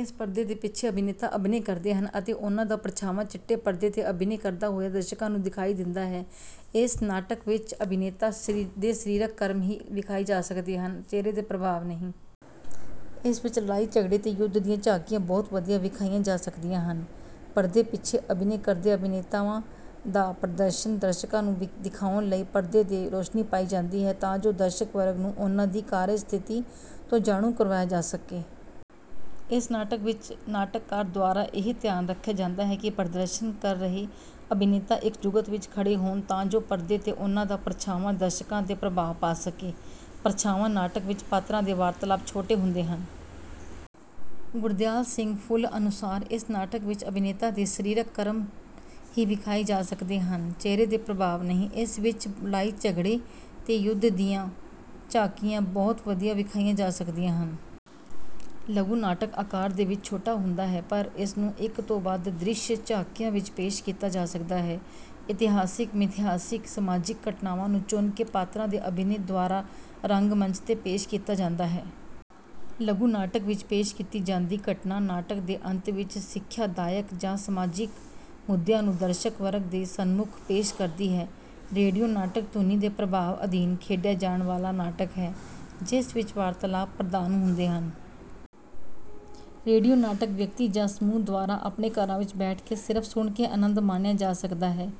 ਇਸ ਪਰਦੇ ਦੇ ਪਿੱਛੇ ਅਭਿਨੇਤਾ ਅਭਿਨੈ ਕਰਦੇ ਹਨ, ਅਤੇ ਉਨ੍ਹਾਂ ਦਾ ਪ੍ਰਛਾਵਾਂ ਚਿੱਟੇ ਪਰਦੇ ਤੇ ਅਭਿਨੈ ਕਰਦਾ ਹੋਇਆ ਦਰਸ਼ਕਾਂ ਨੂੰ ਦਿਖਾਈ ਦਿੰਦਾ ਹੈ। ਇਸ ਨਾਟਕ ਵਿੱਚ ਅਭਿਨੇਤਾ ਦੇ ਸਰੀਰਕ ਕਰਮ ਹੀ ਵਿਖਾਏ ਜਾ ਸਕਦੇ ਹਨ, ਚਿਹਰੇ ਦੇ ਪ੍ਰਭਾਵ ਨਹੀਂ। ਇਸ ਵਿੱਚ ਲੜਾਈ ਝਗੜੇ ਤੇ ਯੁੱਧ ਦੀਆਂ ਝਾਕੀਆਂ ਬਹੁਤ ਵਧੀਆ ਵਿਖਾਈਆਂ ਜਾ ਸਕਦੀਆਂ ਹਨ। ਪਰਦੇ ਪਿੱਛੇ ਅਭਿਨੈ ਕਰਦੇ ਅਭਿਨੇਤਾਵਾਂ ਦਾ ਪ੍ਰਦਰਸ਼ਨ ਦਰਸ਼ਕਾਂ ਨੂੰ ਦਿਖਾਉਣ ਲਈ ਪਰਦੇ ਤੇ ਰੌਸ਼ਨੀ ਪਾਈ ਜਾਂਦੀ ਹੈ, ਤਾਂ ਜੋ ਦਰਸ਼ਕ ਵਰਗ ਨੂੰ ਉਨ੍ਹਾਂ ਦੀ ਕਾਰਜ ਸਥਿਤੀ ਤੋਂ ਜਾਣੂ ਕਰਵਾਇਆ ਜਾ ਸਕੇ। ਇਸ ਨਾਟਕ ਵਿੱਚ ਨਾਟਕਕਾਰ ਦੁਆਰਾ ਇਹ ਧਿਆਨ ਰੱਖਿਆ ਜਾਂਦਾ ਹੈ, ਕਿ ਪ੍ਰਦਰਸ਼ਨ ਕਰ ਰਹੇ ਅਭਿਨੇਤਾ ਇੱਕ ਜੁਗਤ ਵਿੱਚ ਖੜੇ ਹੋਣ, ਤਾਂ ਜੋ ਪਰਦੇ ਤੇ ਉਨ੍ਹਾਂ ਦਾ ਪ੍ਰਛਾਵਾਂ ਦਰਸ਼ਕਾਂ ਤੇ ਪ੍ਰਭਾਵ ਪਾ ਸਕੇ। ਪ੍ਰਛਾਵਾਂ ਨਾਟਕ ਵਿੱਚ ਪਾਤਰਾਂ ਦੇ ਵਾਰਤਾਲਾਪ ਛੋਟੇ ਹੁੰਦੇ ਹਨ। ਗੁਰਦਿਆਲ ਸਿੰਘ ਫੁੱਲ ਅਨੁਸਾਰ, ਇਸ ਨਾਟਕ ਵਿੱਚ ਅਭਿਨੇਤਾ ਦੇ ਸਰੀਰਕ ਕਰਮ ਹੀ ਵਿਖਾਏ ਜਾ ਸਕਦੇ ਹਨ, ਚਿਹਰੇ ਦੇ ਪ੍ਰਭਾਵ ਨਹੀਂ। ਇਸ ਵਿੱਚ ਲੜਾਈ ਝਗੜੇ ਤੇ ਯੁੱਧ ਦੀਆਂ ਝਾਕੀਆਂ ਬਹੁਤ ਵਧੀਆ ਵਿਖਾਈਆਂ ਜਾ ਸਕਦੀਆਂ ਹਨ। ਲਘੂ ਨਾਟਕ ਆਕਾਰ ਦੇ ਵਿੱਚ ਛੋਟਾ ਹੁੰਦਾ ਹੈ, ਪਰ ਇਸ ਨੂੰ ਇੱਕ ਤੋਂ ਵੱਧ ਦ੍ਰਿਸ਼ ਝਾਕੀਆਂ ਵਿੱਚ ਪੇਸ਼ ਕੀਤਾ ਜਾ ਸਕਦਾ ਹੈ। ਇਤਿਹਾਸਿਕ, ਮਿਥਿਹਾਸਿਕ, ਸਮਾਜਿਕ ਘਟਨਾਵਾਂ ਨੂੰ ਚੁਣ ਕੇ ਪਾਤਰਾਂ ਦੇ ਅਭਿਨੈ ਦੁਆਰਾ ਰੰਗਮੰਚ ਤੇ ਪੇਸ਼ ਕੀਤਾ ਜਾਂਦਾ ਹੈ। ਲਘੂ ਨਾਟਕ ਵਿੱਚ ਪੇਸ਼ ਕੀਤੀ ਜਾਂਦੀ ਘਟਨਾ ਨਾਟਕ ਦੇ ਅੰਤ ਵਿੱਚ ਸਿਖਿਆਦਾਇਕ ਜਾਂ ਸਮਾਜਿਕ ਮੁੱਦਿਆਂ ਨੂੰ ਦਰਸ਼ਕ ਵਰਗ ਦੇ ਸਨਮੁੱਖ ਪੇਸ਼ ਕਰਦੀ ਹੈ। ਰੇਡੀਓ ਨਾਟਕ ਧੁਨੀ ਦੇ ਪ੍ਰਭਾਵ ਅਧੀਨ ਖੇਡਿਆ ਜਾਣ ਵਾਲਾ ਨਾਟਕ ਹੈ, ਜਿਸ ਵਿੱਚ ਵਾਰਤਾਲਾਪ ਪ੍ਰਧਾਨ ਹੁੰਦੇ ਹਨ। ਰੇਡੀਓ ਨਾਟਕ ਵਿਅਕਤੀ ਜਾਂ ਸਮੂਹ ਦੁਆਰਾ ਆਪਣੇ ਘਰਾਂ ਵਿੱਚ ਬੈਠ ਕੇ ਸਿਰਫ ਸੁਣ ਕੇ ਅਨੰਦ ਮਾਣਿਆ ਜਾ ਸਕਦਾ ਹੈ,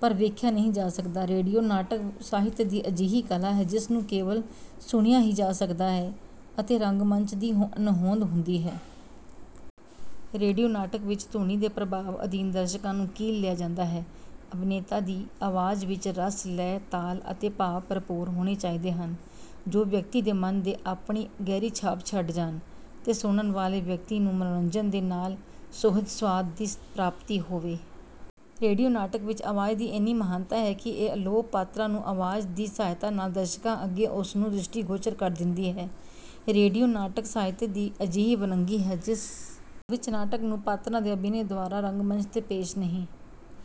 ਪਰ ਵੇਖਿਆ ਨਹੀਂ ਜਾ ਸਕਦਾ। ਰੇਡੀਓ ਨਾਟਕ ਸਾਹਿਤ ਦੀ ਅਜਿਹੀ ਕਲਾ ਹੈ, ਜਿਸ ਨੂੰ ਕੇਵਲ ਸੁਣਿਆ ਹੀ ਜਾ ਸਕਦਾ ਹੈ, ਅਤੇ ਰੰਗਮੰਚ ਦੀ ਅਣਹੋਂਦ ਹੁੰਦੀ ਹੈ। ਰੇਡੀਓ ਨਾਟਕ ਵਿੱਚ ਧੁਨੀ ਦੇ ਪ੍ਰਭਾਵ ਅਧੀਨ ਦਰਸ਼ਕਾਂ ਨੂੰ ਕੀਲ ਲਿਆ ਜਾਂਦਾ ਹੈ। ਅਭਿਨੇਤਾ ਦੀ ਆਵਾਜ਼ ਵਿੱਚ ਰਸ, ਲੈਅ, ਤਾਲ ਅਤੇ ਭਾਵ ਭਰਪੂਰ ਹੋਣੇ ਚਾਹੀਦੇ ਹਨ, ਜੋ ਵਿਅਕਤੀ ਦੇ ਮਨ ਤੇ ਆਪਣੀ ਗਹਿਰੀ ਛਾਪ ਛੱਡ ਜਾਣ, ਤੇ ਸੁਣਨ ਵਾਲੇ ਵਿਅਕਤੀ ਨੂੰ ਮਨੋਰੰਜਨ ਦੇ ਨਾਲ ਸੁਹਜ ਸੁਆਦ ਦੀ ਪ੍ਰਾਪਤੀ ਹੋਵੇ। ਰੇਡੀਓ ਨਾਟਕ ਵਿੱਚ ਆਵਾਜ਼ ਦੀ ਇੰਨੀ ਮਹਾਨਤਾ ਹੈ, ਕਿ ਇਹ ਅਲੋਪ ਪਾਤਰਾਂ ਨੂੰ ਆਵਾਜ਼ ਦੀ ਸਹਾਇਤਾ ਨਾਲ ਦਰਸ਼ਕਾਂ ਅੱਗੇ ਉਸ ਨੂੰ ਦ੍ਰਿਸ਼ਟੀਗੋਚਰ ਕਰ ਦਿੰਦੀ ਹੈ। ਰੇਡੀਓ ਨਾਟਕ ਸਾਹਿਤ ਦੀ ਅਜਿਹੀ ਵੰਨਗੀ ਹੈ, ਜਿਸ ਵਿੱਚ ਨਾਟਕ ਨੂੰ ਪਾਤਰਾਂ ਦੇ ਅਭਿਨੈ ਦੁਆਰਾ ਰੰਗਮੰਚ ਤੇ ਪੇਸ਼ ਨਹੀਂ